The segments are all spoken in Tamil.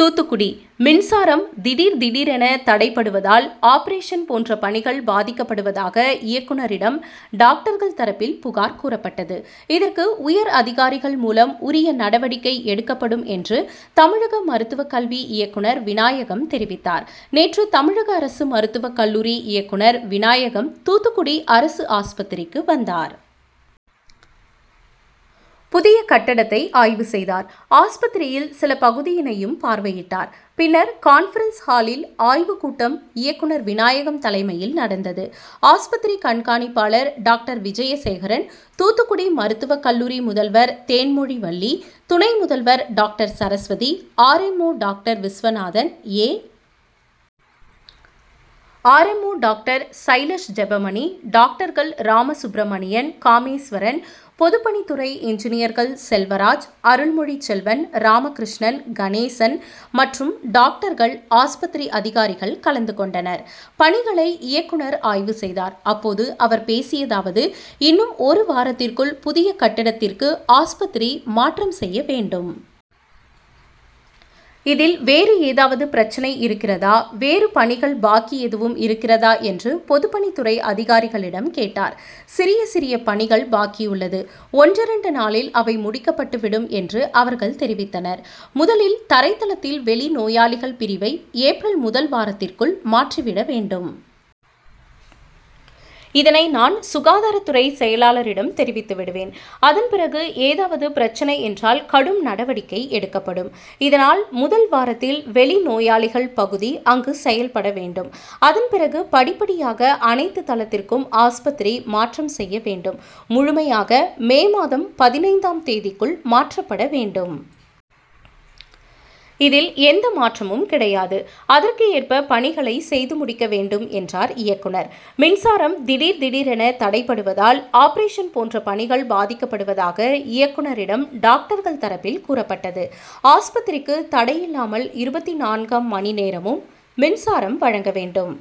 தூத்துக்குடி: மின்சாரம் திடீர், திடீரென தடைபடுவதால் ஆபரேஷன் போன்ற பணிகள் பாதிக்கப்படுவதாக இயக்குநரிடம் டாக்டர்கள் தரப்பில் புகார் கூறப்பட்டது. இதற்கு உயர் அதிகாரிகள் மூலம் உரிய நடவடிக்கை எடுக்கப்படும் என்று தமிழக மருத்துவக்கல்வி இயக்குநர் விநாயகம் தெரிவித்தார். நேற்று தமிழக அரசு மருத்துவக் கல்லூரி இயக்குநர் விநாயகம் தூத்துக்குடி அரசு ஆஸ்பத்திரிக்கு வந்தார். புதிய கட்டடத்தை ஆய்வு செய்தார். ஆஸ்பத்திரியில் சில பகுதியினையும் பார்வையிட்டார். பின்னர் கான்பரன்ஸ் ஹாலில் ஆய்வு கூட்டம் இயக்குநர் விநாயகம் தலைமையில் நடந்தது. ஆஸ்பத்திரி கண்காணிப்பாளர் டாக்டர் விஜயசேகரன், தூத்துக்குடி மருத்துவக் கல்லூரி முதல்வர் தேன்மொழிவள்ளி, துணை முதல்வர் doctor Saraswathi, R. M. O doctor Viswanathan, A. R. M. O doctor Sailash Jebamani, டாக்டர்கள் ராமசுப்பிரமணியன், காமேஸ்வரன், பொதுப்பணித்துறை இன்ஜினியர்கள் செல்வராஜ், அருள்மொழிச்செல்வன், ராமகிருஷ்ணன், கணேசன் மற்றும் டாக்டர்கள், ஆஸ்பத்திரி அதிகாரிகள் கலந்து கொண்டனர். பணிகளை இயக்குநர் ஆய்வு செய்தார். அப்போது அவர் பேசியதாவது இன்னும் ஒரு வாரத்திற்குள் புதிய கட்டடத்திற்கு ஆஸ்பத்திரி மாற்றம் செய்ய வேண்டும். இதில் வேறு ஏதாவது பிரச்னை இருக்கிறதா, வேறு பணிகள் பாக்கி எதுவும் இருக்கிறதா என்று பொதுப்பணித்துறை அதிகாரிகளிடம் கேட்டார். சிறிய, சிறிய பணிகள் பாக்கியுள்ளது. ஒன்றிரண்டு நாளில் அவை முடிக்கப்பட்டு விடும் என்று அவர்கள் தெரிவித்தனர். முதலில் தரைத்தளத்தில் வெளிநோயாளிகள் பிரிவை ஏப்ரல் முதல் வாரத்திற்குள் மாற்றிவிட வேண்டும். இதனை நான் சுகாதாரத்துறை செயலாளரிடம் தெரிவித்து விடுவேன். அதன் பிறகு ஏதாவது பிரச்னை என்றால் கடும் நடவடிக்கை எடுக்கப்படும். இதனால் முதல் வாரத்தில் வெளி நோயாளிகள் பகுதி அங்கு செயல்பட வேண்டும். அதன் பிறகு படிப்படியாக அனைத்து தளத்திற்கும் ஆஸ்பத்திரி மாற்றம் செய்ய வேண்டும். முழுமையாக மே மாதம் பதினைந்து ஆம் தேதிக்குள் மாற்றப்பட வேண்டும். இதில் எந்த மாற்றமும் கிடையாது. அதற்கு ஏற்ப பணிகளை செய்து முடிக்க வேண்டும் என்றார் இயக்குநர். மின்சாரம் திடீர், திடீரென தடைபடுவதால் ஆபரேஷன் போன்ற பணிகள் பாதிக்கப்படுவதாக இயக்குநரிடம் டாக்டர்கள் தரப்பில் கூறப்பட்டது. ஆஸ்பத்திரிக்கு தடையில்லாமல் இருபத்தி நான்காம் மணி நேரமும் மின்சாரம் வழங்க வேண்டும்.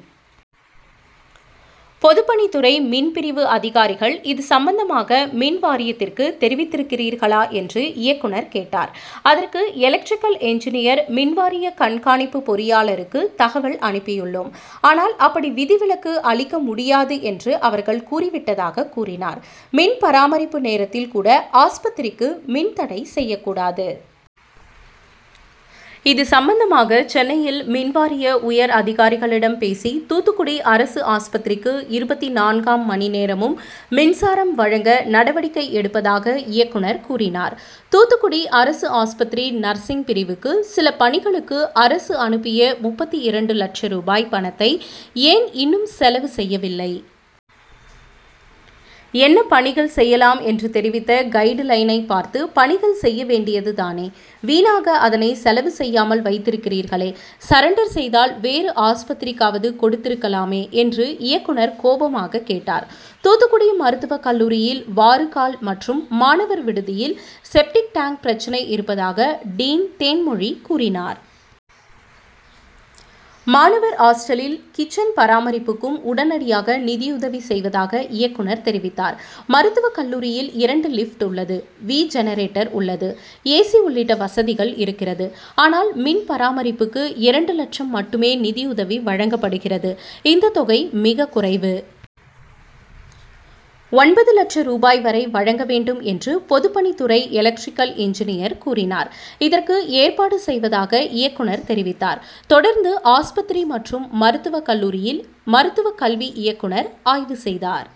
பொதுப்பணித்துறை மின் பிரிவு அதிகாரிகள் இது சம்பந்தமாக மின்வாரியத்திற்கு தெரிவித்திருக்கிறீர்களா என்று இயக்குநர் கேட்டார். அதற்கு எலக்டிரிக்கல் இன்ஜினியர் மின்வாரிய கண்காணிப்பு பொறியாளருக்கு தகவல் அனுப்பியுள்ளோம். ஆனால் அப்படி விதிவிலக்கு அளிக்க முடியாது என்று அவர்கள் கூறி விட்டதாக கூறினார். மின் பராமரிப்பு நேரத்தில் கூட ஆஸ்பத்திரிக்கு மின் தடை செய்யக் கூடாது. இது சம்பந்தமாக சென்னையில் மின்வாரிய உயர் அதிகாரிகளிடம் பேசி தூத்துக்குடி அரசு ஆஸ்பத்திரிக்கு இருபத்தி நான்காம் மணி நேரமும் மின்சாரம் வழங்க நடவடிக்கை எடுப்பதாக இயக்குநர் கூறினார். தூத்துக்குடி அரசு ஆஸ்பத்திரி நர்சிங் பிரிவுக்கு சில பணிகளுக்கு அரசு அனுப்பிய முப்பத்தி இரண்டு லட்ச ரூபாய் பணத்தை ஏன் இன்னும் செலவு செய்யவில்லை. என்ன பணிகள் செய்யலாம் என்று தெரிவித்த கைடுலைனை பார்த்து பணிகள் செய்ய வேண்டியது தானே, வீணாக அதனை செலவு செய்யாமல் வைத்திருக்கிறீர்களே, சரண்டர் செய்தால் வேறு ஆஸ்பத்திரிக்காவது கொடுத்திருக்கலாமே என்று இயக்குநர் கோபமாக கேட்டார். தூத்துக்குடி மருத்துவக்கல்லூரியில் வாறுகால் மற்றும் மாணவர் விடுதியில் செப்டிக் டேங்க் பிரச்னை இருப்பதாக டீன் தேன்மொழி கூறினார். மாணவர் ஆஸ்டலில் கிச்சன் பராமரிப்புக்கும் உடனடியாக நிதியுதவி செய்வதாக இயக்குநர் தெரிவித்தார். மருத்துவக் கல்லூரியில் இரண்டு லிப்ட் உள்ளது. வி ஜெனரேட்டர் உள்ளது. ஏ. சி உள்ளிட்ட வசதிகள் இருக்கிறது. ஆனால் மின்பராமரிப்புக்கு இரண்டு லட்சம் மட்டுமே நிதியுதவி வழங்கப்படுகிறது. இந்த தொகை மிக குறைவு. ஒன்பது லட்ச ரூபாய் வரை வழங்க வேண்டும் என்று பொதுப்பணித்துறை எலக்டிரிக்கல் இன்ஜினியர் கூறினார். இதற்கு ஏற்பாடு செய்வதாக இயக்குநர் தெரிவித்தார். தொடர்ந்து ஆஸ்பத்திரி மற்றும் மருத்துவ கல்லூரியில் மருத்துவக் கல்வி இயக்குநர் ஆய்வு செய்தார்.